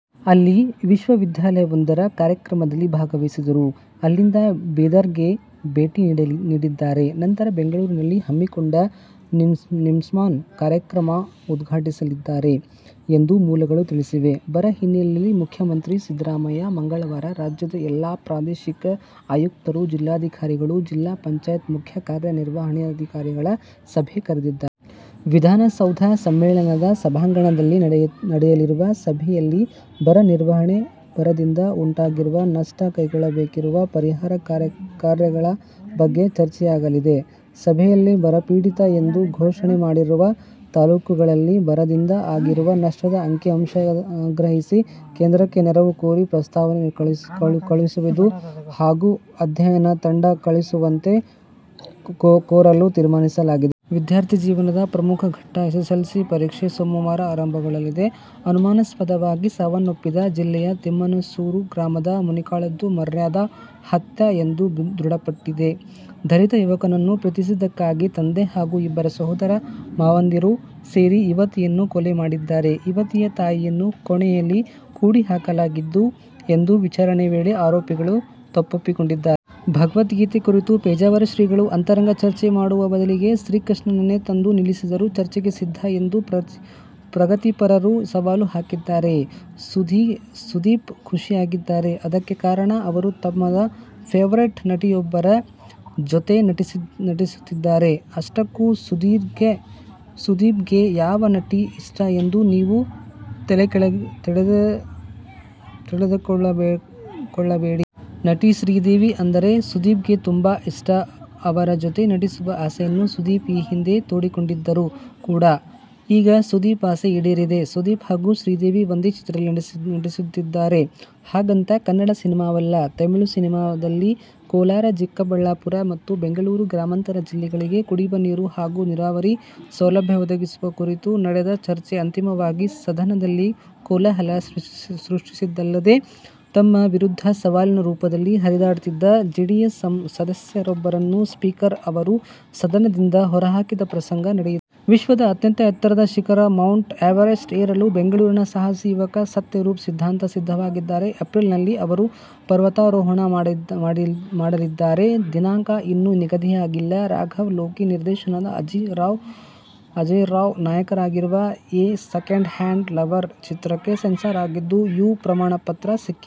ಅಲ್ಲಿ ವಿಶ್ವವಿದ್ಯಾಲಯವೊಂದರ ಕಾರ್ಯಕ್ರಮದಲ್ಲಿ ಭಾಗವಹಿಸುವರು. ಅಲ್ಲಿಂದ ಬೀದರ್ಗೆ ಭೇಟಿ ನೀಡಲಿದ್ದಾರೆ. ನಂತರ ಬೆಂಗಳೂರಿನಲ್ಲಿ ಹಮ್ಮಿಕೊಂಡ ನಿಮ್ಹಾನ್ಸ್ ಕಾರ್ಯಕ್ರಮ ಉದ್ಘಾಟಿಸಲಿದ್ದಾರೆ ಎಂದು ಮೂಲಗಳು ತಿಳಿಸಿವೆ. ಬರ ಹಿನ್ನೆಲೆಯಲ್ಲಿ ಮುಖ್ಯಮಂತ್ರಿ ಸಿದ್ದರಾಮಯ್ಯ ಮಂಗಳವಾರ ರಾಜ್ಯದ ಎಲ್ಲ ಪ್ರಾದೇಶಿಕ ಆಯುಕ್ತರು, ಜಿಲ್ಲಾಧಿಕಾರಿಗಳು, ಜಿಲ್ಲಾ ಪಂಚಾಯತ್ ಮುಖ್ಯ ಕಾರ್ಯ ನಿರ್ವಹಣಾಧಿಕಾರಿಗಳ ಸಭೆ ಕರೆದಿದ್ದಾರೆ. ವಿಧಾನಸೌಧ ಸಮ್ಮೇಳನ ಸಭಾಂಗಣದಲ್ಲಿ ನಡೆಯಲಿರುವ ಸಭೆಯಲ್ಲಿ ಬರ ನಿರ್ವಹಣೆ, ಬರದಿಂದ ಉಂಟಾಗಿರುವ ನಷ್ಟ, ಕೈಗೊಳ್ಳಬೇಕಿರುವ ಪರಿಹಾರ ಕಾರ್ಯಗಳ ಬಗ್ಗೆ ಚರ್ಚೆಯಾಗಲಿದೆ. ಸಭೆಯಲ್ಲಿ ಬರಪೀಡಿತ ಎಂದು ಘೋಷಣೆ ಮಾಡಿರುವ ತಾಲೂಕುಗಳಲ್ಲಿ ಬರದಿಂದ ಆಗಿರುವ ನಷ್ಟದ ಅಂಕಿ-ಅಂಶ ಸಂಗ್ರಹಿಸಿ ಕೇಂದ್ರಕ್ಕೆ ನೆರವು ಕೋರಿ ಪ್ರಸ್ತಾವನೆ ಕಳುಹಿಸುವುದು ಹಾಗೂ ಅಧ್ಯಯನ ತಂಡ ಕಳುಹಿಸವಂತೆ ಕೋರಲು ತೀರ್ಮಾನಿಸಲಾಗಿದೆ. ವಿದ್ಯಾರ್ಥಿ ಜೀವನದ ಪ್ರಮುಖ ಘಟ್ಟ ಎಸ್ಎಸ್ಎಲ್ಸಿ ಪರೀಕ್ಷೆ ಸೋಮವಾರ ಆರಂಭಗೊಳ್ಳಲಿದೆ. ಅನುಮಾನಾಸ್ಪದವಾಗಿ ಸಾವನ್ನಪ್ಪಿದ್ದ ಜಿಲ್ಲೆಯ ತಿಮ್ಮನಹೊಸೂರು ಗ್ರಾಮದ ಮೋನಿಕಾಳದ್ದು ಮರ್ಯಾದಾ ಹತ್ಯೆ ಎಂಬುದು ದೃಢಪಟ್ಟಿದೆ. ದಲಿತ ಯುವಕನನ್ನು ಪ್ರೀತಿಸಿದ್ದಕ್ಕಾಗಿ ತಂದೆ ಹಾಗೂ ಇಬ್ಬರು ಸೋದರ ಮಾವಂದಿರು ಸೇರಿ ಯುವತಿಯನ್ನು ಕೊಲೆ ಮಾಡಿದ್ದಾರೆ. ಯುವತಿಯ ತಾಯಿಯನ್ನು ಕೋಣೆಯಲ್ಲಿ ಕೂಡಿ ಹಾಕಲಾಗಿತ್ತು ಎಂದು ವಿಚಾರಣೆ ವೇಳೆ ಆರೋಪಿಗಳು ತಪ್ಪೊಪ್ಪಿಕೊಂಡಿದ್ದಾರೆ. ಭಗವದ್ಗೀತೆ ಕುರಿತು ಪೇಜಾವರ ಶ್ರೀಗಳು ಅಂತರಂಗ ಚರ್ಚೆ ಮಾಡುವ ಬದಲಿಗೆ ಶ್ರೀಕೃಷ್ಣನನ್ನೇ ತಂದು ನಿಲ್ಲಿಸಿದರೂ ಚರ್ಚೆಗೆ ಸಿದ್ಧ ಎಂದು ಪ್ರಗತಿಪರರು ಸವಾಲು ಹಾಕಿದ್ದಾರೆ. ಸುದೀಪ್ ಖುಷಿಯಾಗಿದ್ದಾರೆ. ಅದಕ್ಕೆ ಕಾರಣ ಅವರು ತಮ್ಮ ಫೆವರೇಟ್ ನಟಿಯೊಬ್ಬರ ಜೊತೆ ನಟಿಸುತ್ತಿದ್ದಾರೆ. ಆಷ್ಟಕ್ಕೂ ಸುದೀಪ್ಗೆ ಯಾವ ನಟಿ ಇಷ್ಟ ಎಂದು ನೀವು ತಲೆಕೆರೆದುಕೊಳ್ಳಬೇಡಿ. ನಟಿ ಶ್ರೀದೇವಿ ಅಂದರೆ ಸುದೀಪ್ಗೆ ತುಂಬಾ ಇಷ್ಟ. ಅವರ ಜೊತೆ ನಟಿಸುವ ಆಸೆಯನ್ನು ಸುದೀಪ್ ಈ ಹಿಂದೆ ತೋಡಿಕೊಂಡಿದ್ದರು ಕೂಡಾ. ಈಗ ಸುದೀಪ್ ಆಸೆ ಈಡೇರಿದೆ. ಸುದೀಪ್ ಹಾಗೂ ಶ್ರೀದೇವಿ ಒಂದೇ ಚಿತ್ರದಲ್ಲಿ ನಟಿಸುತ್ತಿದ್ದಾರೆ. ಹಾಗಂತ ಕನ್ನಡ ಸಿನಿಮಾವಲ್ಲ. ತಮಿಳು ಸಿನಿಮಾದಲ್ಲಿ. ಕೋಲಾರ-ಚಿಕ್ಕಬಳ್ಳಾಪುರ ಮತ್ತು ಬೆಂಗಳೂರು ಗ್ರಾಮಾಂತರ ಜಿಲ್ಲೆಗಳಿಗೆ ಕುಡಿಯುವ ನೀರು ಹಾಗೂ ನೀರಾವರಿ ಸೌಲಭ್ಯ ಒದಗಿಸುವ ಕುರಿತು ನಡೆದ ಚರ್ಚೆ ಅಂತಿಮವಾಗಿ ಸದನದಲ್ಲಿ ಕೋಲಾಹಲ ಸೃಷ್ಟಿಸಿದ್ದಲ್ಲದೆ, ತಮ್ಮ ವಿರುದ್ಧ ಸವಾಲಿನ ರೂಪದಲ್ಲಿ ಹರಿಹಾಯ್ದ ಜೆಡಿಎಸ್ ಸದಸ್ಯರೊಬ್ಬರನ್ನು ಸ್ಪೀಕರ್ ಅವರು ಸದನದಿಂದ ಹೊರಹಾಕಿದ ಪ್ರಸಂಗ ನಡೆಯಿತು. ವಿಶ್ವದ ಅಂತ್ಯಂತ ಎತ್ತರದ ಶಿಖರ ಮೌಂಟ್ ಎವರೆಸ್ಟ್ ಏರಲು ಬೆಂಗಳೂರಿನ ಸಾಹಸಿ ಯುವಕ ಸತ್ಯರೂಪ್ ಸಿದ್ಧಾಂತ ಸಿದ್ಧವಾಗಿದ್ದಾರೆ. ಏಪ್ರಿಲ್ನಲ್ಲಿ ಅವರು ಪರ್ವತಾರೋಹಣ ಮಾಡಲಿದ್ದಾರೆ. ದಿನಾಂಕ ಇನ್ನೂ ನಿಗದಿಯಾಗಿಲ್ಲ. ರಾಘವ್ ಲೋಕಿ ನಿರ್ದೇಶನದ ಅಜೇಯ್ ರಾವ್ ನಾಯಕರಾಗಿರುವ "ಎ ಸೆಕೆಂಡ್ ಹ್ಯಾಂಡ್ ಲವರ್' ಚಿತ್ರಕ್ಕೆ ಸೆನ್ಸಾರ್ ಆಗಿದ್ದು, "ಯು' ಪ್ರಮಾಣ ಪತ್ರ ಸಿಕ್ಕಿದೆ.